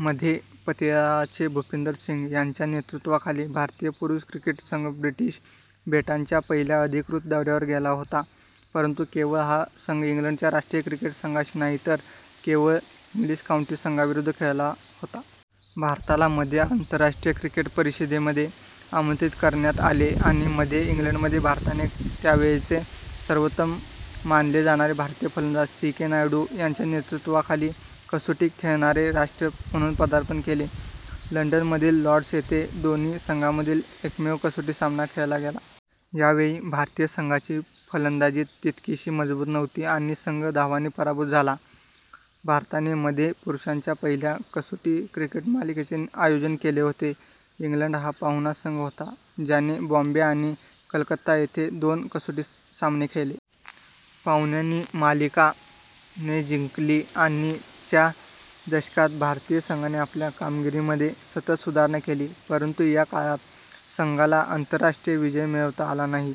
मध्ये, पतियाळाचे भूपिंदर सिंग यांच्या नेतृत्वाखाली भारतीय पुरुष क्रिकेट संघ ब्रिटिश बेटांच्या पहिल्या अधिकृत दौऱ्यावर गेला होता, परंतु केवळ हा संघ इंग्लंडच्या राष्ट्रीय क्रिकेट संघाशी नाही तर केवळ इंग्लिश काऊंटी संघांविरुद्ध खेळला होता। भारताला मध्ये आंतरराष्ट्रीय क्रिकेट परिषदेमध्ये आमंत्रित करण्यात आले आणि मध्ये इंग्लंडमध्ये भारताने त्यावेळचे सर्वोत्तम मानले जाणारे भारतीय फलंदाज सी. के. नायडू, यांच्या नेतृत्वाखाली कसोटी खेळणारे राष्ट्र म्हणून पदार्पण केले. लंडन मधील लॉर्ड्स येथे दोन्ही संघांमधील एकमेव कसोटी सामना खेळला गेला. यावेळी भारतीय संघाची फलंदाजीत तितकीशी मजबूत नव्हती आणि संघ धावांनी पराभूत झाला. भारताने मध्ये पुरुषांच्या पहिल्या कसोटी क्रिकेट मालिकेचे आयोजन केले होते. इंग्लंड हा पाहुणा संघ होता ज्याने बॉम्बे आणि कलकत्ता येथे दोन कसोटी सामने खेळले. पाहुण्यांनी मालिका - ने जिंकली. आणि च्या दशकात भारतीय संघाने आपल्या कामगिरीमध्ये सतत सुधारणा केली परंतु या काळात संघाला आंतरराष्ट्रीय विजय मिळवता आला नाही.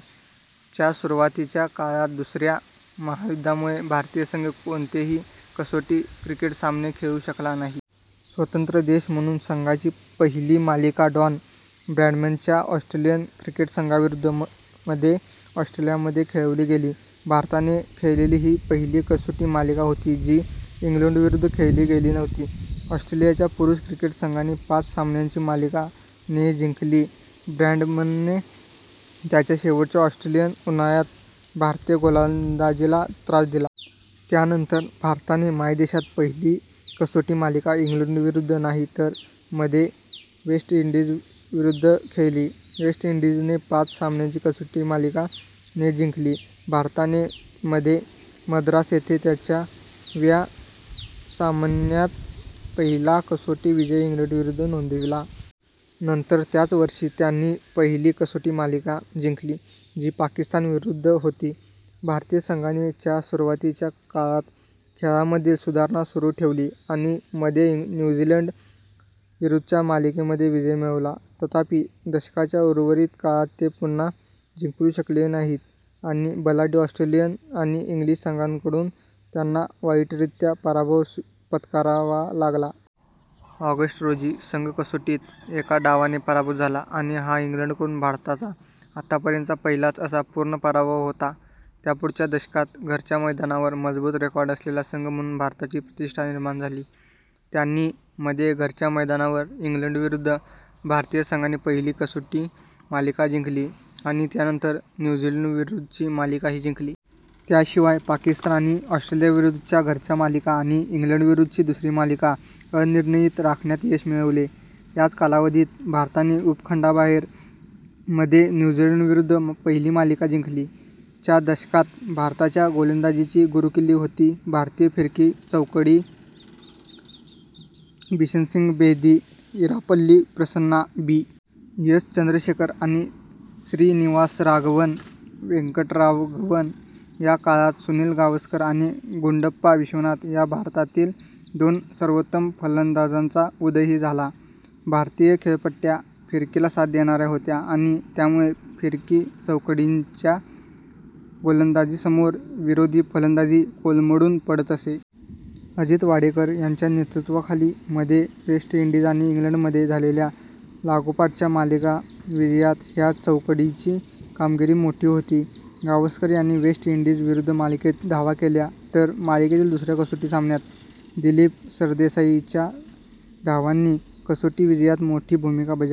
च्या सुरुवातीच्या काळात, दुसऱ्या महायुद्धा मुळे भारतीय संघ कोणतेही कसोटी क्रिकेट सामने खेळू शकला नाही. स्वतंत्र देश म्हणून संघाची पहिली मालिका डॉन ब्रॅडमन च्या ऑस्ट्रेलियन क्रिकेट संघाविरुद्ध - मध्ये ऑस्ट्रेलियामध्ये खेळवली गेली. भारताने खेळलेली ही पहिली कसोटी मालिका होती जी इंग्लंडविरुद्ध खेळली गेली नव्हती. ऑस्ट्रेलियाच्या पुरुष क्रिकेट संघाने पाच सामन्यांची मालिका - ने जिंकली, ब्रॅडमनने त्याच्या शेवटच्या ऑस्ट्रेलियन उन्हाळ्यात भारतीय गोलंदाजीला त्रास दिला. त्यानंतर भारताने मायदेशात पहिली कसोटी मालिका इंग्लंडविरुद्ध नाही तर मध्ये वेस्ट इंडीज विरुद्ध खेळली. वेस्ट इंडीजने पाच सामन्यांची कसोटी मालिका - ने जिंकली. भारताने मध्ये मद्रास येथे त्यांच्या व्या सामन्यात पहिला कसोटी विजय इंग्लंडविरुद्ध नोंदविला. नंतर त्याच वर्षी, त्यांनी पहिली कसोटी मालिका जिंकली, जी पाकिस्तान विरुद्ध होती. भारतीय संघाने च्या सुरुवातीच्या काळात खेळामधील सुधारणा सुरू ठेवली आणि मध्ये न्यू झीलंड विरुद्धच्या मालिकेमध्ये विजय मिळवला. तथापि, दशकाच्या उर्वरित काळात ते पुन्हा जिंकू शकले नाहीत आणि बलाढ्य ऑस्ट्रेलियन आणि इंग्लिश संघांकडून त्यांना वाईटरित्या पराभव पत्करावा लागला. ऑगस्ट रोजी, संघ कसोटीत एका डावाने पराभूत झाला आणि हा इंग्लंडकडून भारताचा आतापर्यंतचा पहिलाच - असा पूर्ण पराभव होता. त्यापुढच्या दशकात घरच्या मैदानावर मजबूत रेकॉर्ड असलेला संघ म्हणून भारताची प्रतिष्ठा निर्माण झाली. त्यांनी - मध्ये घरच्या मैदानावर इंग्लंडविरुद्ध भारतीय संघाने पहिली कसोटी मालिका जिंकली आणि त्यानंतर न्यू झीलंडविरुद्धची मालिकाही जिंकली. त्याशिवाय पाकिस्तान आणि ऑस्ट्रेलियाविरुद्धच्या घरच्या मालिका आणि इंग्लंडविरुद्धची दुसरी मालिका अनिर्णित राखण्यात यश मिळविले. याच कालावधीत भारताने उपखंडाबाहेर - मध्ये न्यू झीलंडविरुद्ध पहिली मालिका जिंकली. च्या दशकात भारताच्या गोलंदाजीची गुरुकिल्ली होती भारतीय फिरकी चौकडी बिशनसिंग बेदी, इरापल्ली प्रसन्ना, बी. एस. चंद्रशेखर आणि श्रीनिवासराघवन वेंकटराघवन. या काळात सुनील गावस्कर आणि गुंडप्पा विश्वनाथ या भारतातील दोन सर्वोत्तम फलंदाजांचा उदयही झाला. भारतीय खेळपट्ट्या फिरकीला साथ देणाऱ्या होत्या आणि त्यामुळे फिरकी चौकडीच्या गोलंदाजीसमोर विरोधी फलंदाजी कोलमडून पडत असे. अजित वाडेकर यांच्या नेतृत्वाखाली मध्ये वेस्ट इंडीज आणि इंग्लंड मध्ये झालेल्या लागोपाठच्या मालिका विजयात ह्या चौकडीची कामगिरी मोठी होती. गावस्कर यांनी वेस्ट इंडीज विरुद्ध मालिकेत धावा केल्या तर मालिकेतील दुसऱ्या कसोटी सामन्यात दिलीप सरदेसाई च्या धावांनी कसोटी विजयात मोठी भूमिका बजावली.